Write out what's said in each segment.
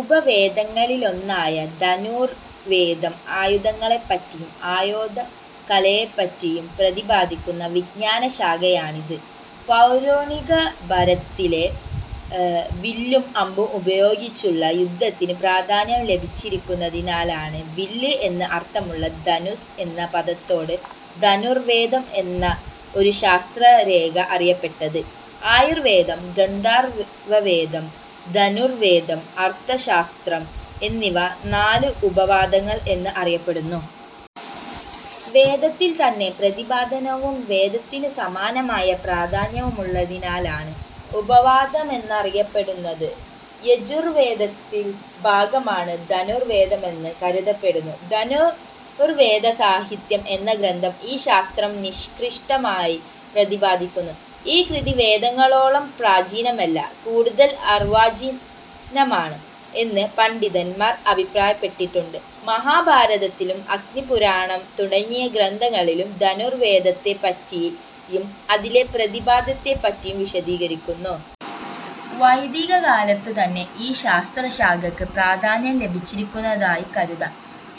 ഉപവേദങ്ങളിലൊന്നായ ധനുർവേദം ആയുധങ്ങളെപ്പറ്റിയും ആയോധനകലയെപ്പറ്റിയും പ്രതിപാദിക്കുന്ന വിജ്ഞാനശാഖയാണിത്. പൗരാണിക ഭാരതത്തിൽ വില്ലും അമ്പും ഉപയോഗിച്ചുള്ള യുദ്ധത്തിനു പ്രാധാന്യം ലഭിച്ചിരുന്നതിനാലാണ് വില്ല് എന്ന് അർഥമുള്ള ധനുസ്സ് എന്ന പദത്തോടൊപ്പം ധനുർവേദം എന്ന് ഈ ശാസ്ത്രശാഖ അറിയപ്പെട്ടത്. ആയുർവേദം, ഗാന്ധർവവേദം, ധനുർവേദം, അർഥശാസ്ത്രം എന്നിവ നാല് ഉപവേദങ്ങൾ എന്ന് അറിയപ്പെടുന്നു. വേദത്തിൽത്തന്നെ പ്രതിപാദനവും വേദത്തിനു സമാനമായ പ്രാധാന്യവുമുള്ളതിനാലാണ് ഉപവേദമെന്നറിയപ്പെടുന്നത്. യജുർവേദത്തിൻ്റെ ഭാഗമാണ് ധനുർവേദമെന്ന് കരുതപ്പെടുന്നു. ധനുർവേദസംഹിത എന്ന ഗ്രന്ഥം ഈ ശാസ്ത്രം നിഷ്കൃഷ്ടമായി പ്രതിപാദിക്കുന്നു. ഈ കൃതി വേദങ്ങളോളം പ്രാചീനമല്ല, കൂടുതൽ അർവാചീനമാണ് എന്ന് പണ്ഡിതന്മാർ അഭിപ്രായപ്പെട്ടിട്ടുണ്ട്. മഹാഭാരതത്തിലും അഗ്നിപുരാണം തുടങ്ങിയ ഗ്രന്ഥങ്ങളിലും ധനുർവേദത്തെപ്പറ്റിയും അതിലെ പ്രതിപാദ്യത്തെപ്പറ്റിയും വിശദീകരിക്കുന്നു. വൈദികകാലത്തു തന്നെ ഈ ശാസ്ത്ര ശാഖയ്ക്ക് പ്രാധാന്യം ലഭിച്ചിരുന്നതായി കരുതാം.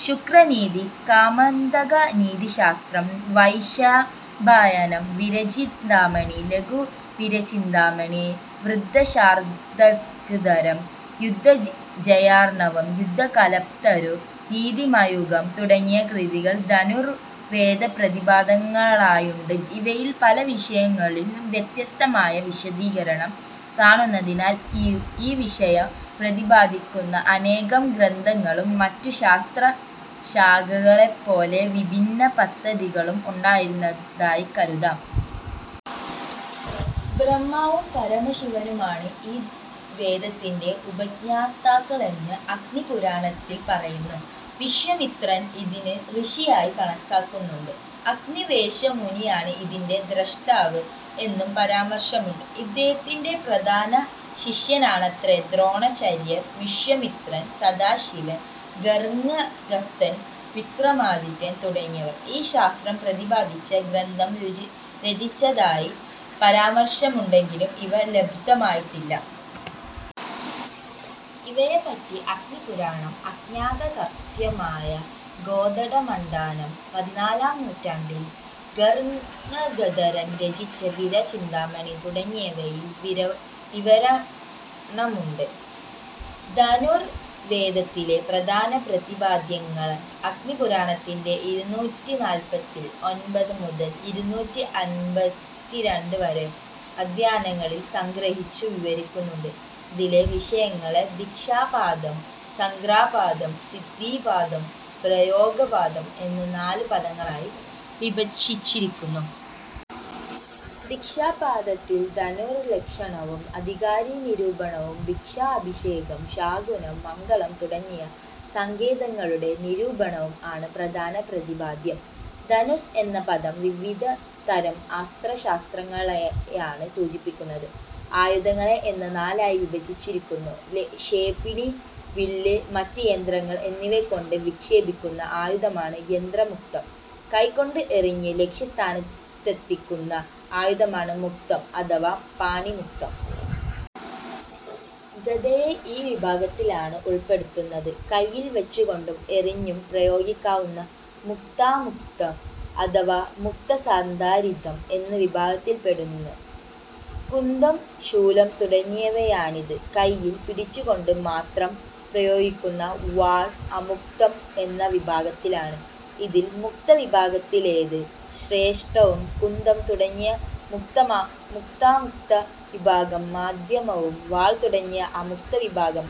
ശുക്രനീതി, കാമന്ദകനീതിശാസ്ത്രം, വൈശമ്പായനം, വീരചിന്താമണി, ലഘുവീരചിന്താമണി, വൃദ്ധശാർങ്ഗധരം, യുദ്ധജയാർണവം, യുദ്ധകല്പതരു, നീതിമയൂഖം തുടങ്ങിയ കൃതികൾ ധനുർവേദപ്രതിപാദകങ്ങളായുണ്ട്. ഇവയിൽ പല വിഷയങ്ങളിലും വ്യത്യസ്തമായി വിശദീകരണം കാണുന്നതിനാൽ ഈ വിഷയം പ്രതിപാദിക്കുന്ന അനേകം ഗ്രന്ഥങ്ങളും മറ്റു ശാസ്ത്രശാഖകളെപ്പോലെ വിഭിന്ന പദ്ധതികളും ഉണ്ടായിരുന്നതായി കരുതാം. ബ്രഹ്മാവും പരമശിവനുമാണ് ഈ വേദത്തിൻ്റെ ഉപജ്ഞാതാക്കളെന്ന് അഗ്നിപുരാണത്തിൽ പറയുന്നു. വിശ്വാമിത്രനെ ഇതിൻ്റെ ഋഷിയായി കണക്കാക്കുന്നുണ്ട്. അഗ്നിവേശമുനിയാണ് ഇതിൻ്റെ ദ്രഷ്ടാവ് എന്നും പരാമർശമുണ്ട്. ഇദ്ദേഹത്തിൻ്റെ പ്രധാന ശിഷ്യനാണത്രെ ദ്രോണാചാര്യർ. വിശ്വാമിത്രൻ, സദാശിവൻ, ശാർങ്ഗദത്തൻ, വിക്രമാദിത്യൻ തുടങ്ങിയവർ ഈ ശാസ്ത്രം പ്രതിപാദിച്ച് ഗ്രന്ഥം രചിച്ചതായി പരാമർശമുണ്ടെങ്കിലും ഇവ ലബ്ധമായിട്ടില്ല. ഇവയെപ്പറ്റി അഗ്നിപുരാണം, അജ്ഞാതകർതൃകമായ കോദണ്ഡമണ്ഡനം, പതിനാലാം നൂറ്റാണ്ടിൽ ശാർങ്ഗധരൻ രചിച്ച വീരചിന്താമണി തുടങ്ങിയവയിൽ വിവരണമുണ്ട്. ധനുർവേദത്തിലെ പ്രധാന പ്രതിപാദ്യങ്ങൾ അഗ്നിപുരാണത്തിൻ്റെ ഇരുന്നൂറ്റി നാല്പത്തി ഒൻപത് മുതൽ ഇരുന്നൂറ്റി അൻപത്തി രണ്ട് വരെ അധ്യായങ്ങളിൽ സംഗ്രഹിച്ചു വിവരിക്കുന്നുണ്ട്. ഇതിലെ വിഷയങ്ങളെ ദീക്ഷാപാദം, സംഗ്രഹപാദം, സിദ്ധിപാദം, പ്രയോഗപാദം എന്ന് നാല് പാദങ്ങളായി വിഭജിച്ചിരിക്കുന്നു. ദീക്ഷാപാദത്തിൽ ധനുർലക്ഷണവും അധികാരി നിരൂപണവും ദീക്ഷ, അഭിഷേകം, ശാകുനം, മംഗളം തുടങ്ങിയ സങ്കേതങ്ങളുടെ നിരൂപണവും ആണ് പ്രധാന പ്രതിപാദ്യം. ധനുസ്സ് എന്ന പദം വിവിധതരം അസ്ത്രശാസ്ത്രങ്ങളെയാണ് സൂചിപ്പിക്കുന്നത്. ആയുധങ്ങളെ എന്ന് നാലായി വിഭജിച്ചിരിക്കുന്നു. ക്ഷേപിണി, വില്ല്, മറ്റ് യന്ത്രങ്ങൾ എന്നിവകൊണ്ടു വിക്ഷേപിക്കുന്ന ആയുധമാണ് യന്ത്രമുക്തം. കൈകൊണ്ട് എറിഞ്ഞു ലക്ഷ്യസ്ഥാനത്തെത്തിക്കുന്ന ആയുധമാണ് മുക്തം അഥവാ പാണിമുക്തം. ഗദയെ ഈ വിഭാഗത്തിലാണ് ഉൾപ്പെടുത്തുന്നത്. കൈയിൽ വച്ചുകൊണ്ടും എറിഞ്ഞും പ്രയോഗിക്കാവുന്നവ മുക്താമുക്തം അഥവാ മുക്തസന്ധാരിതം എന്ന വിഭാഗത്തിൽപ്പെടുന്നു. കുന്തം, ശൂലം തുടങ്ങിയവയാണിത്. കൈയിൽ പിടിച്ചുകൊണ്ടു മാത്രം പ്രയോഗിക്കുന്ന വാൾ അമുക്തം എന്ന വിഭാഗത്തിലാണ്. ഇതിൽ മുക്തവിഭാഗത്തിലേത് ശ്രേഷ്ഠവും കുന്തം തുടങ്ങിയ മുക്താമുക്ത വിഭാഗം മധ്യമവും വാൾ തുടങ്ങിയ അമുക്തവിഭാഗം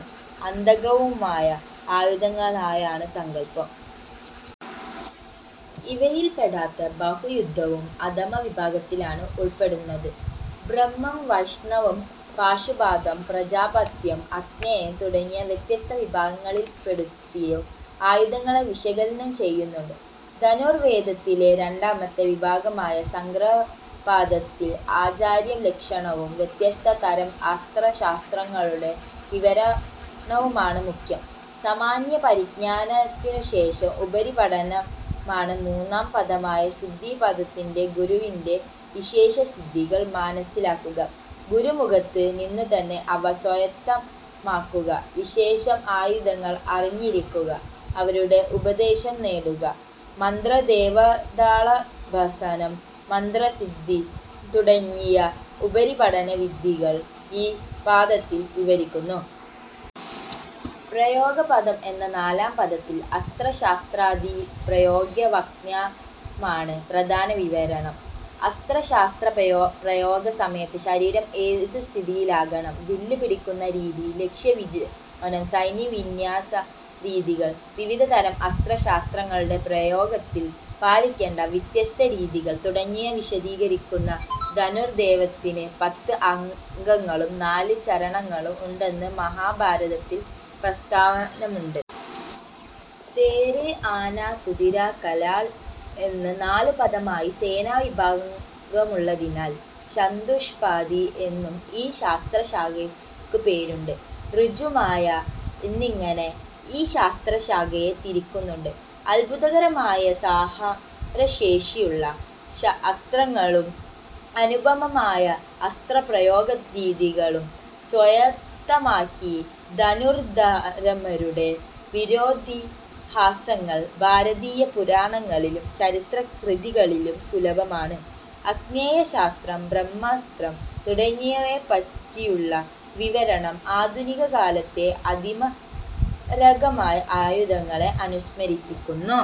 അധമവുമായ ആയുധങ്ങളായാണ് സങ്കല്പം. ഇവയിൽപ്പെടാത്ത ബാഹുയുദ്ധവും അധമ വിഭാഗത്തിലാണ് ഉൾപ്പെടുന്നത്. ബ്രാഹ്മം, വൈഷ്ണവം, പാശുപതം, പ്രാജാപത്യം, ആഗ്നേയം തുടങ്ങി വ്യത്യസ്ത വിഭാഗങ്ങളിൽപ്പെടുത്തിയും ആയുധങ്ങളെ വിശകലനം ചെയ്യുന്നുണ്ട്. ധനുർവേദത്തിലെ രണ്ടാമത്തെ വിഭാഗമായ സംഗ്രഹപാദത്തിൽ ആചാര്യലക്ഷണവും വ്യത്യസ്ത തരം അസ്ത്രശസ്ത്രങ്ങളുടെ വിവരണവുമാണ് മുഖ്യം. സാമാന്യപരിജ്ഞാനത്തിനുശേഷം ഉപരിപഠനമാണ് മൂന്നാം പാദമായ സിദ്ധിപാദത്തിൽ. ഗുരുവിൻ്റെ വിശേഷസിദ്ധികൾ മനസ്സിലാക്കുക; ഗുരുമുഖത്തു നിന്നുതന്നെ അവ സ്വായത്തമാക്കുക, വിശേഷ ആയുധങ്ങൾ അറിഞ്ഞിരിക്കുക, അവരുടെ ഉപദേശം നേടുക, മന്ത്രദേവതാഉപാസന, മന്ത്രസിദ്ധി തുടങ്ങിയ ഉപരിപഠന വിധികൾ ഈ പാദത്തിൽ വിവരിക്കുന്നു. പ്രയോഗപാദം എന്ന നാലാം പാദത്തിൽ അസ്ത്രശസ്ത്രാദി പ്രയോഗവൈദഗ്ദ്ധ്യമാണ് പ്രധാന വിവരണം. അസ്ത്ര ശാസ്ത്ര പ്രയോഗ സമയത്ത് ശരീരം ഏതു സ്ഥിതിയിലാകണം, വില്ല് പിടിക്കുന്ന രീതി, ലക്ഷ്യവിവേചനം, സൈന്യവിന്യാസരീതികൾ, വിവിധതരം അസ്ത്ര ശാസ്ത്രങ്ങളുടെ പ്രയോഗത്തിൽ പാലിക്കേണ്ട വ്യത്യസ്ത രീതികൾ തുടങ്ങിയവ വിശദീകരിക്കുന്നു. ധനുർവേദത്തിന് പത്ത് അംഗങ്ങളും നാല് ചരണങ്ങളും ഉണ്ടെന്ന് മഹാഭാരതത്തിൽ പ്രസ്താവമുണ്ട്. തേര്, ആന, കുതിര, കാലാൾ എന്ന് നാലു പാദമായി സേനാവിഭാഗമുള്ളതിനാൽ ചതുഷ്പാദി എന്നും ഈ ശാസ്ത്രശാഖയ്ക്കു പേരുണ്ട്. ഋജു, മായ എന്നിങ്ങനെയും ഈ ശാസ്ത്രശാഖയെ തിരിക്കുന്നുണ്ട്. അത്ഭുതകരമായ സംഹാരശേഷിയുള്ള അസ്ത്രങ്ങളും അനുപമമായ അസ്ത്രപ്രയോഗരീതികളും സ്വായത്തമാക്കിയ ധനുർധരന്മാരുടെ വീരേതിഹാസങ്ങൾ ഭാരതീയ പുരാണങ്ങളിലും ചരിത്ര കൃതികളിലും സുലഭമാണ്. ആഗ്നേയാസ്ത്രം, ബ്രഹ്മാസ്ത്രം തുടങ്ങിയവയെപ്പറ്റിയുള്ള വിവരണം ആധുനികകാലത്തെ അതിമാരകമായ ആയുധങ്ങളെ അനുസ്മരിപ്പിക്കുന്നു.